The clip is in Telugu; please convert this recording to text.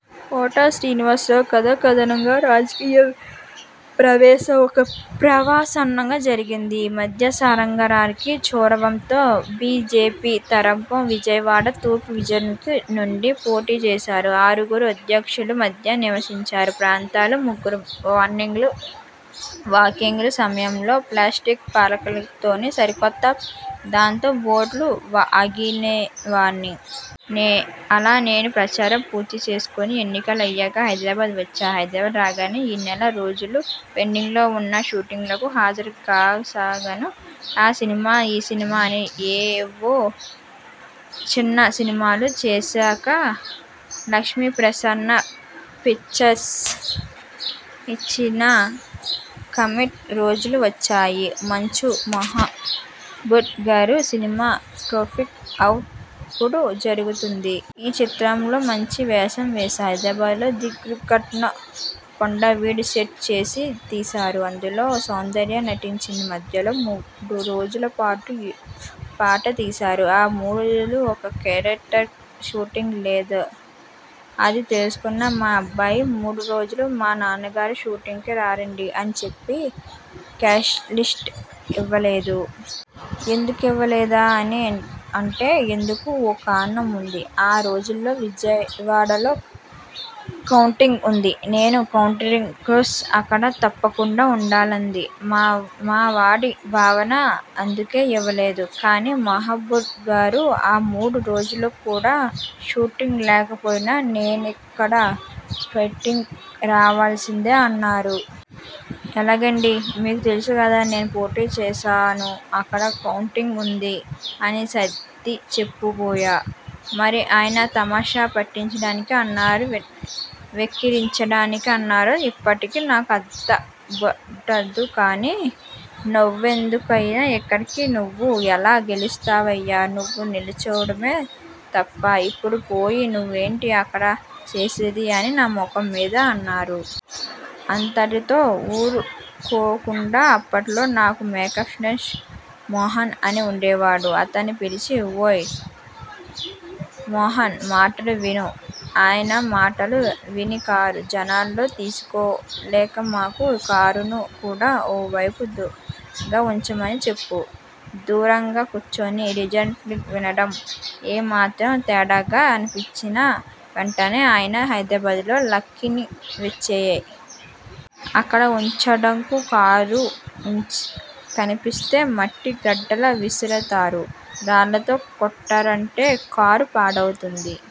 కోట శ్రీనివాసరావు కథాకథనం నా రాజకీయరంగ ప్రవేశం ఒక ప్రహసనంగా జరిగింది. విద్యాసాగరరావుగారి చొరవతో బి. జె. పి తరపున విజయవాడ తూర్పు నియోజకవర్గం నుండి పోటీ చేశాను. ఆరుగురు ఆభ్యర్థుల మధ్య నివాసిత ప్రాంతాల దగ్గర, మార్నింగ్ వాకింగ్ సమయాల్లోనూ, టెలిఫోన్ పలకరింపులతోనూ సరికొత్త పంథాలో ఓట్లు అడిగేవాణ్ణి. అలా నేను ప్రచారం పూర్తిచేసుకుని, ఎన్నికలు అయ్యాక హైదరాబాద్ వచ్చా. హైదరాబాద్ రాగానే ఆ నెల రోజులూ పెండింగ్లో ఉన్న షూటింగ్లకు హాజరుకాసాగాను. ఆ సినిమా, ఈ సినిమా అని, ఏవో చిన్న సినిమాలు చేశాక లక్ష్మీప్రసన్న పిక్చర్స్కు ఇచ్చిన కాల్షీట్ రోజులు వచ్చాయి. మంచు మోహన్బాబుగారి సినిమా 'పోస్ట్మేన్' అప్పుడు జరుగుతోంది. ఆ చిత్రంలో మంచి వేషం చేశా. హైదరాబాద్లో దిల్సుఖ్నగర్లో కొండమీద సెట్ వేసి తీశారు. అందులో సౌందర్య నటించింది. మధ్యలో మూడురోజులపాటు ఏదో పాట తీశారు. ఆ మూడు రోజులు నా కేరెక్టర్కు షూటింగ్ లేదు. అది తెలుసుకున్న మా అబ్బాయి'ఆ మూడు రోజులు మా నాన్నగారు షూటింగ్కు రారండీ' అని చెప్పి కాల్షీట్ ఇవ్వలేదు. ఎందుకివ్వలేదా? అని అంటే అందుకూ ఓ కారణం ఉంది. ఆ రోజుల్లోనే విజయవాడలో కౌంటింగ్ ఉంది. నేను కౌంటింగ్రోజు అక్కడ తప్పకుండా ఉండాలన్నది మావాడి భావన. అందుకే ఇవ్వలేదు. కానీ మోహన్బాబుగారు ఆ మూడు రోజులు కూడా షూటింగ్ లేకపోయినా నేనిక్కడ స్పాట్కి రావాల్సిందే అన్నారు. 'ఎలాగండి.. మీకు తెలుసుకదా నేను పోటీ చేశాను. అక్కడ కౌంటింగ్ ఉందండీ' అని సర్దిచెప్పబోయా మరి ఆయన తమాషా పట్టించడానికి అన్నారో వెక్కిరించడానికి అన్నారో ఇప్పటికీ నాకు అంతుబట్టదు కానీ నువ్వెందుకయ్యా అక్కడికి నువ్వేం గెలుస్తావయ్యా నువ్వు నిలుచోవడమే తప్పు ఇప్పుడు పోయి నువ్వేంటి అక్కడ చేసేది అని నా ముఖం మీదే అన్నారు. అంతటితో ఊరుకోకుండా అప్పట్లో నాకు మేకప్మేన్ మోహన్ అని ఉండేవాడు. అతన్ని పిలిచి 'ఏయ్ మోహన్నా మాటలు విను. ఆయన మాటలు విని కారు జనాల్లోకి తీసుకెళ్ళమాకు. కారును కూడా ఓ వైపు దూరంగా ఉంచమని చెప్పు. దూరంగా కూర్చుని రిజల్స్ వినండి. ఏమాత్రం తేడాగా అనిపించినా వెంటనే ఆయన్ని హైదరాబాద్ లాక్కుని వచ్చెయ్. అక్కడ ఉంచకు. కారు కనిపిస్తే మట్టి గడ్డలు విసురుతారు. రాళ్ళతో కొట్టారంటే కారు పాడవుతుంది..